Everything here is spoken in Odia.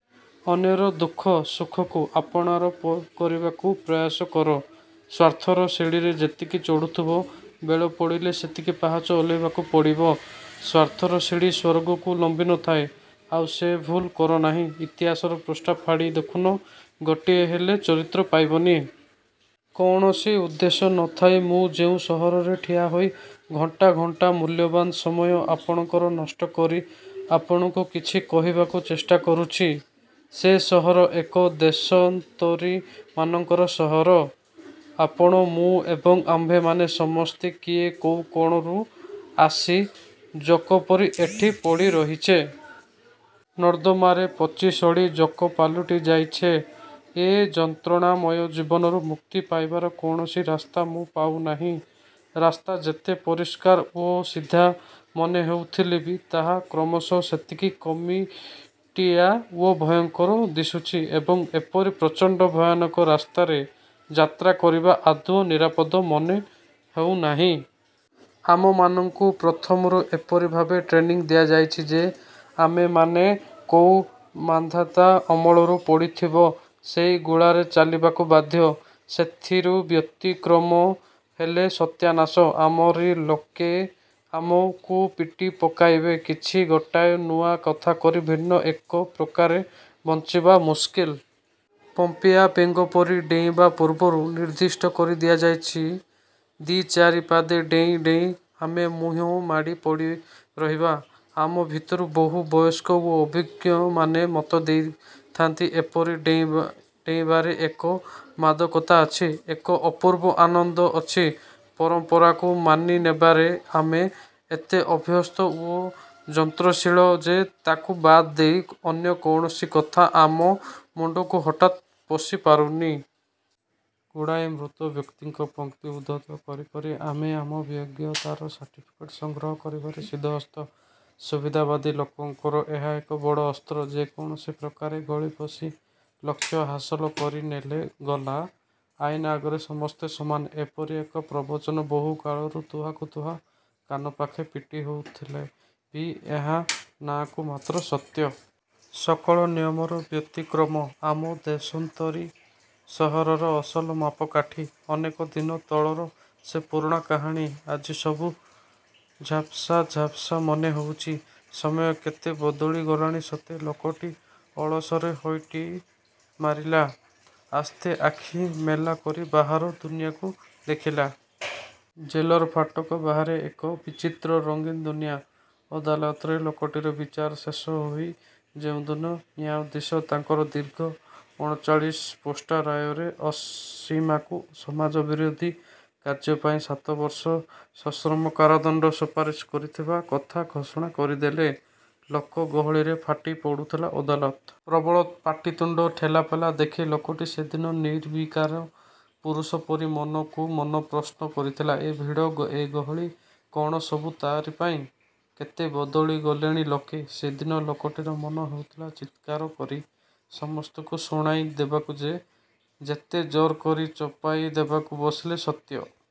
ଅନ୍ୟର ଦୁଃଖ ସୁଖକୁ ଆପଣାର ପ କରିବାକୁ ପ୍ରୟାସ କର। ସ୍ୱାର୍ଥର ସିଡ଼ିରେ ଯେତିକି ଚଢ଼ୁଥିବ, ବେଳ ପଡ଼ିଲେ ସେତିକି ପାହାଚ ଓହ୍ଲେଇବାକୁ ପଡ଼ିବ। ସ୍ୱାର୍ଥର ସିଡ଼ି ସ୍ୱର୍ଗକୁ ଲମ୍ୱି ନଥାଏ। ଆଉ ସେ ଭୁଲ କରନାହିଁ। ଇତିହାସର ପୃଷ୍ଠା ଫାଡ଼ି ଦେଖୁନ। ଗୋଟିଏ ହେଲେ ଚରିତ୍ର ପାଇବନି। କୌଣସି ଉଦ୍ଦେଶ୍ୟ ନ ଥାଇ ମୁଁ ଯେଉଁ ସହରରେ ଠିଆହୋଇ ଘଣ୍ଟା ଘଣ୍ଟା ମୂଲ୍ୟବାନ ସମୟ ଆପଣଙ୍କର ନଷ୍ଟକରି ଆପଣଙ୍କୁ କିଛି କହିବାକୁ ଚେଷ୍ଟା କରୁଛି; ସେ ସହର ଏକ ଦେଶନ୍ତରୀମାନଙ୍କର ସହର। ଆପଣ, ମୁଁ ଏବଂ ଆମ୍ଭେମାନେ ସମସ୍ତେ କିଏ କୋଉ କଣରୁ ଆସି ଜୋକପରି ଏଠି ପଡ଼ିରହିଛେ। ନର୍ଦ୍ଦମାରେ ପଚିସଢ଼ି ଜୋକ ପାଲଟି ଯାଇଛେ। ଏ ଯନ୍ତ୍ରଣାମୟ ଜୀବନରୁ ମୁକ୍ତି ପାଇବାର କୌଣସି ରାସ୍ତା ମୁଁ ପାଉନାହିଁ। ରାସ୍ତା ଯେତେ ପରିଷ୍କାର ଓ ସିଧା ମନେ ହେଉଥିଲେ ବି ତାହା କ୍ରମଶ ସେତିକି କିମିଟିଆ ଓ ଭୟଙ୍କର ଦିଶୁଛି ଏବଂ ଏପରି ପ୍ରଚଣ୍ତ ଭୟାନକ ରାସ୍ତାରେ ଯାତ୍ରା କରିବା ଆଦୌ ନିରାପଦ ମନେ ହେଉନାହିଁ। ଆମମାନଙ୍କୁ ପ୍ରଥମରୁ ଏପରି ଭାବେ ଟ୍ରେନିଂ ଦିଆଯାଇଛି ଯେ ଆମେମାନେ କୋଉ ମାନ୍ଧାତା ଅମଳରୁ ପଡ଼ିଥିବ ସେଇ ଗୁଳାରେ ଚାଲିବାକୁ ବାଧ୍ୟ। ସେଥିରୁ ବ୍ୟତିକ୍ରମ ହେଲେ ସତ୍ୟାନାଶ। ଆମରି ଲୋକେ ଆମକୁ ପିଟି ପକାଇବେ। କିଛି ଗୋଟାଏ ନୂଆକଥା କରି ଭିନ୍ନ ଏକ ପ୍ରକାରେ ବଞ୍ଚିବା ମୁସ୍କିଲ। ପମ୍ପିଆ ବେଙ୍ଗପରି ଡେଇଁବା ପୂର୍ବରୁ ନିର୍ଦ୍ଦିଷ୍ଟ କରିଦିଆଯାଇଛି। ଦି'ଚାରି ପାଦେ ଡେଇଁ ଡେଇଁ ଆମେ ମୁହୁଁମାଡ଼ି ପଡ଼ିରହିବା।। ଆମ ଭିତରୁ ବହୁ ବୟସ୍କ ଓ ଅଭିଜ୍ଞମାନେ ମତ ଦେଇଥାନ୍ତି, ଏପରି ଡେଇଁ ଡେଇଁବାରେ ଏକ ମାଦକତା ଅଛି। ଏକ ଅପୂର୍ବ ଆନନ୍ଦ ଅଛି। 'ପରମ୍ପରା'କୁ ମାନିନେବାରେ ଆମେ ଏତେ ଅଭ୍ୟସ୍ତ ଓ ଯନ୍ତ୍ରଶୀଳ ଯେ ତାକୁ ବାଦଦେଇ ଅନ୍ୟ କୌଣସି କଥା ଆମ ମୁଣ୍ଡକୁ ହଠାତ୍ ପଶିପାରୁନି। ଗୁଡ଼ାଏ ମୃତ ବ୍ୟକ୍ତିଙ୍କ ପଂକ୍ତି ଉଦ୍ଧୃତ କରି କରି ଆମେ ଆମ ବିଜ୍ଞତାର ସାର୍ଟିଫିକେଟ ସଂଗ୍ରହ କରିବାରେ ସିଦ୍ଧହସ୍ତ। ସୁବିଧାବାଦୀ ଲୋକଙ୍କର ଏହା ଏକ ବଡ଼ ଅସ୍ତ୍ର। ଯେ କୌଣସି ପ୍ରକାରେ ଗଳିପଶି ଲକ୍ଷ୍ୟ ହାସଲ କରିନେଲେ ଗଲା। 'ଆଇନ ଆଗରେ ସମସ୍ତେ ସମାନ' ଏପରି ଏକ ପ୍ରବଚନ ବହୁ କାଳରୁ ତୁହାକୁ ତୁହା କାନପାଖେ ପିଟି ହେଉଥିଲେ ବି ଏହା ନାଁକୁ ମାତ୍ର ସତ୍ୟ। ସକଳ ନିୟମର ବ୍ୟତିକ୍ରମ ଆମ ଦେଶନ୍ତରୀ ସହରର ଅସଲ ମାପକାଠି-। '' ଅନେକ ଦିନ ତଳର ସେ ପୁରୁଣା କାହାଣୀ। ଆଜି ସବୁ ଝାପ୍ସା ଝାପ୍ସା ମନେ ହଉଛି। ସମୟ କେତେ ବଦଳି ଗଲାଣି ସତେ! ଲୋକଟି ଅଳସରେ ହଇଟି ମାରିଲା। ଆସ୍ତେ ଆଖି ମେଲାକରି ବାହାର ଦୁନିଆକୁ ଦେଖିଲା। ଜେଲ୍ର ଫାଟକ ବାହାରେ ଏକ ବିଚିତ୍ର ରଙ୍ଗିନ୍ ଦୁନିଆଁ। ଅଦାଲତରେ ଲୋକଟିର ବିଚାର ଶେଷ ହୋଇ ଯେଉଁଦିନ ନ୍ୟାୟଧୀଶ ତାଙ୍କର ଦୀର୍ଘ ଅଣଚାଳିଶ ପୃଷ୍ଠା ରାୟରେ ଆସୀମାକୁ ସମାଜ ବିରୋଧି କାର୍ଯ୍ୟପାଇଁ ସାତବର୍ଷ ସଶ୍ରମ କାରଦଣ୍ତ ସୁପାରିସ୍ କରିଥିବା କଥା ଘୋଷଣା କରିଦେଲେ, ଲୋକ ଗହଳିରେ ଫାଟି ପଡ଼ୁଥିଲା ଅଦାଲତ। ପ୍ରବଳ ପାଟିତୁଣ୍ତ, ଠେଲାପେଲା ଦେଖି ଲୋକଟି ସେଦିନ ନିର୍ବିକାର ପୁରୁଷ ପରି ମନକୁ ମନ ପ୍ରଶ୍ନ କରିଥିଲା—ଏ ଭିଡ଼, ଏ ଗହଳି କ'ଣ ସବୁ ତା'ରି ପାଇଁ? କେତେ ବଦଳି ଗଲେଣି ଲୋକେ। ସେଦିନ ଲୋକଟିର ମନ ହେଉଥିଲା, ଚିତ୍କାର କରି ସମସ୍ତଙ୍କୁ ଶୁଣାଇ ଦେବାକୁ ଯେ, ଯେତେ ଜୋର୍କରି ଚପାଇ ଦେବାକୁ ବସିଲେ, ସତ୍ୟ